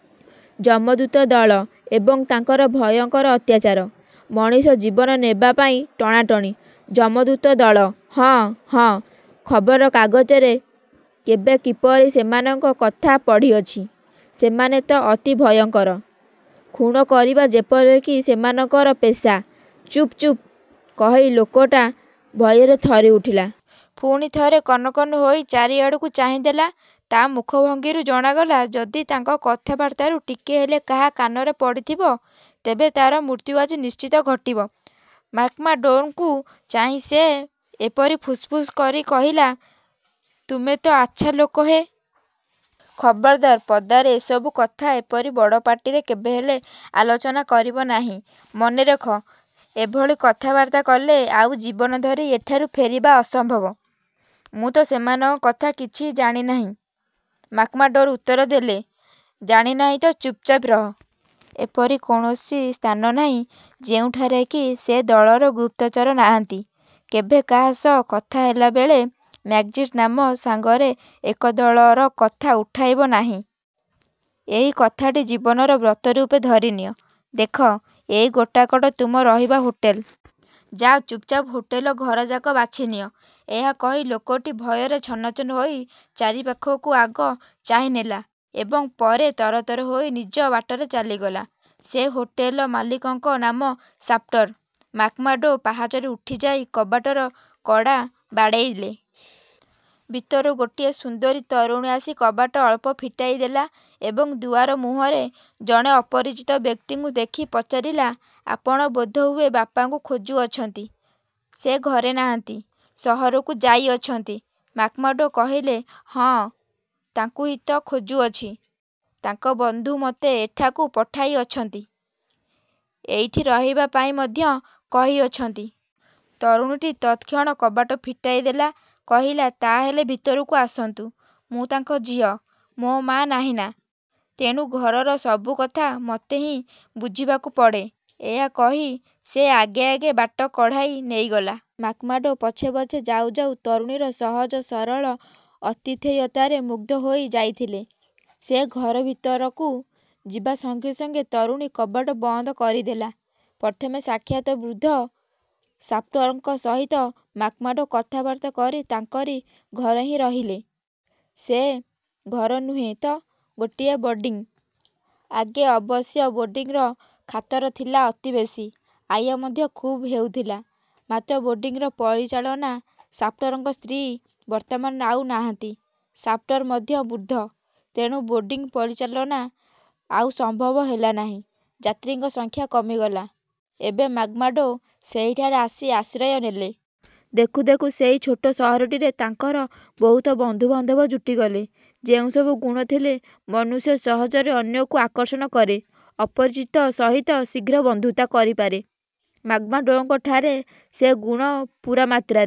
'ଯମଦୂତ ଦଳ' ଏବଂ ତାଙ୍କର ଭୟଙ୍କର ଅତ୍ୟାଚାର; ମଣିଷ ଜୀବନ ନେବା ପାଇଁ ଟଣାଟଣି। '' ''ଯମଦୂତ ଦଳ! ହଁ,। ହଁ–ଖବରକାଗଜରେ କେବେ କିପରି ସେମାନଙ୍କ କଥା ପଢ଼ିଅଛି-। ସେମାନେ ତ ଅତି ଭୟଙ୍କର, ଖୁଣ୍ କରିବା ଯେପରି କି ସେମାନଙ୍କ ପେଶା। '' ''ଚୁପ୍, ଚୁପ୍ କହି'' ଲୋକଟା ଭୟରେ ଥରିଉଠିଲା। ପୁଣି ଥରେ କନ୍କନ୍ ହୋଇ ଚାରିଆଡ଼କୁ ଚାହିଁଦେଲା। ତା ମୁଖଭଙ୍ଗୀରୁ ଜଣାଗଲା, ଯଦି ତାଙ୍କ କଥାବାର୍ତ୍ତାରୁ ଟିକିଏ ହେଲେ କାହା କାନରେ ପଡ଼ିଥିବ, ତେବେ ତାର ମୃତ୍ୟୁ ଆଜି ନିଶ୍ଚୟ ଘଟିବ। ମ୍ୟାକ୍ମାର୍ଡ଼ୋଙ୍କୁ ଚାହିଁ ସେ ଏହିପରି ଫୁସ୍ଫୁସ୍ କରି କହିଲା, ''ତୁମେ ତ ଆଚ୍ଛା ଲୋକ ହେ! ଖବରଦାର, ପଦାରେ ଏସବୁ କଥା ଏପରି ବଡ଼ ପାଟିରେ କେବେହେଲେ ଆଲୋଚନା କରିବ ନାହିଁ। ମନେ ରଖ, ଏଭଳି କଥାବାର୍ତ୍ତା କଲେ ଆଉ ଜୀବନ ଧରି ଏଠାରୁ ଫେରିବା ଅସମ୍ଭବ-। '' ''ମୁଁ ତ ସେମାନଙ୍କ କଥା କିଛି ଜାଣି ନାହିଁ''–ମ୍ୟାକ୍ମାର୍ଡ଼ୋ ଉତ୍ତର ଦେଲେ। ''ଜାଣି ନାହଁ ତ, ଚୁପ୍ଚାପ୍ ରହ। ଏପରି କୌଣସି ସ୍ଥାନ ନାହିଁ, ଯେଉଁଠାରେ କି ସେ ଦଳର ଗୁପ୍ତଚର ନାହାନ୍ତି। କେବେ କାହା ସହ କଥାବାର୍ତ୍ତା ହେଲାବେଳେ ମ୍ୟାକ୍ଜିଣ୍ଟି ନାମ ସାଙ୍ଗରେ ଏ ଦଳର କଥା ଉଠାଇବ ନାହିଁ–ଏହି କଥାଟି ଜୀବନର ବ୍ରତରୂପେ ଧରିନିଅ। ଦେଖ, ଏଇ ଗୋଟାକ ତୁମ ରହିବା ହୋଟେଲ। ଯାଅ, ଚୁପ୍ଚାପ୍ ହୋଟେଲ ଘରେ ଜାଗା ବାଛିନିଅ। '' ଏହା କହି ଲୋକଟି ଭୟରେ ଛନ୍ନଛନ୍ନ ହୋଇ ଚାରିପାଖ କୁ ଆଗ ଚାହିଁନେଲା ଏବଂ ପରେ ତରତର ହୋଇ ନିଜ ବାଟରେ ଚାଲିଗଲା। ସେ ହୋଟେଲର ମାଲିକଙ୍କ ନାମ ଶାଫ୍ଟର। ମ୍ୟାକ୍ମାର୍ଡ଼ୋ ପାହାଚରେ ଉଠିଯାଇ କବାଟର କଡ଼ା ବାଡ଼େଇଲେ। ଭିତରୁ ଗୋଟିଏ ସୁନ୍ଦରୀ ତରୁଣୀ ଆସି କବାଟ ଅଳ୍ପ ଫିଟାଇଦେଲା ଏବଂ ଦୁଆରମୁହଁରେ ଜଣେ ଅପରିଚିତ ବ୍ୟକ୍ତିଙ୍କୁ ଦେଖି ପଚାରିଲା, ''ଆପଣ ବୋଧହୁଏ ବାପାଙ୍କୁ ଖୋଜୁଅଛନ୍ତି। ସେ ଘରେ ନାହାନ୍ତି–ସହରକୁ ଯାଇଅଛନ୍ତି। '' ମ୍ୟାକ୍ମାର୍ଡ଼ୋ କହିଲେ, ''ହଁ, ତାଙ୍କୁ ହିଁ ତ ଖୋଜୁଅଛି। ତାଙ୍କ ବନ୍ଧୁ ମୋତେ ଏଠାକୁ ପଠାଇଅଛନ୍ତି, ଏଇଠି ରହିବା ପାଇଁ ମଧ୍ୟ କହିଅଛନ୍ତି। '' ତରୁଣୀଟି ତତ୍କ୍ଷଣାତ୍ କବାଟ ଫିଟାଇଦେଇ କହିଲା, ''ତା ହେଲେ ଭିତରକୁ ଆସନ୍ତୁ। ମୁଁ ତାଙ୍କ ଝିଅ। ମୋ ମା ନାହିଁ ନା, ତେଣୁ ଘରର ସବୁ କଥା ମୋତେ ହିଁ ବୁଝିବାକୁ ପଡ଼େ। '' ଏହା କହି ସେ ଆଗେଆଗେ ବାଟ କଢ଼ାଇ ନେଇଗଲା। ମ୍ୟାକ୍ମାର୍ଡ଼ୋ ପଛେପଛେ ଯାଉଯାଉ ତରୁଣୀର ସହଜ ସରଳ ଆତିଥେୟତାରେ ମୁଗ୍ଧ ହୋଇ ଯାଇଥିଲେ। ସେ ଘରଭିତରକୁ ଯିବା ସଙ୍ଗେସଙ୍ଗେ ତରୁଣୀ କବାଟ ବନ୍ଦ କରିଦେଲା। ପ୍ରଥମ ସାକ୍ଷାତ ବୃଦ୍ଧ ଶାଫଟର୍ଙ୍କ ସହିତ ମାକ୍ମାର୍ଡ଼ୋ କଥାବାର୍ତ୍ତା କରି ତାଙ୍କରି ଘରେ ହିଁ ରହିଲେ। ସେ ଘର ନୁହେଁ ତ ଗୋଟିଏ ବୋର୍ଡ଼ିଂ। ଆଗେ ଅବଶ୍ୟ ବୋର୍ଡ଼ିଂର ଖାତିର ଥିଲା ଅତି ବେଶୀ; ଆୟ ମଧ୍ୟ ଖୁବ୍ ହେଉଥିଲା। ମାତ୍ର ବୋର୍ଡ଼ିଂର ପରିଚାଳିକା ଶାଫଟର୍ଙ୍କ ସ୍ତ୍ରୀ ବର୍ତ୍ତମାନ ଆଉ ନାହାନ୍ତି; ଶାଫଟର୍ ମଧ୍ୟ ବୃଦ୍ଧ। ତେଣୁ ବୋର୍ଡ଼ିଂ ଚଳାଇବା ଆଉ ସମ୍ଭବ ହେଲାନାହିଁ। ଯାତ୍ରୀଙ୍କ ସଂଖ୍ୟା କମିଗଲା। ଏବେ ମାକ୍ମାର୍ଡ଼ୋ ସେହିଠାରେ ଆସି ଆଶ୍ରୟ ନେଲେ। ଦେଖୁ ଦେଖୁ ସେହି ଛୋଟ ସହରଟିରେ ତାଙ୍କର ବହୁତ ବନ୍ଧୁ-ବାନ୍ଧବ ଜୁଟିଗଲେ। ଯେଉଁସବୁ ଗୁଣ ଥିଲେ ମନୁଷ୍ୟ ସହଜରେ ଅନ୍ୟକୁ ଆକର୍ଷଣ କରେ, ଅପରିଚିତ ସହିତ ଶୀଘ୍ର ବନ୍ଧୁତା କରିପାରେ–ମ୍ୟାକ୍ମାର୍ଡ଼ୋଙ୍କଠାରେ ସେ ଗୁଣ ପୂରାମାତ୍ରାରେ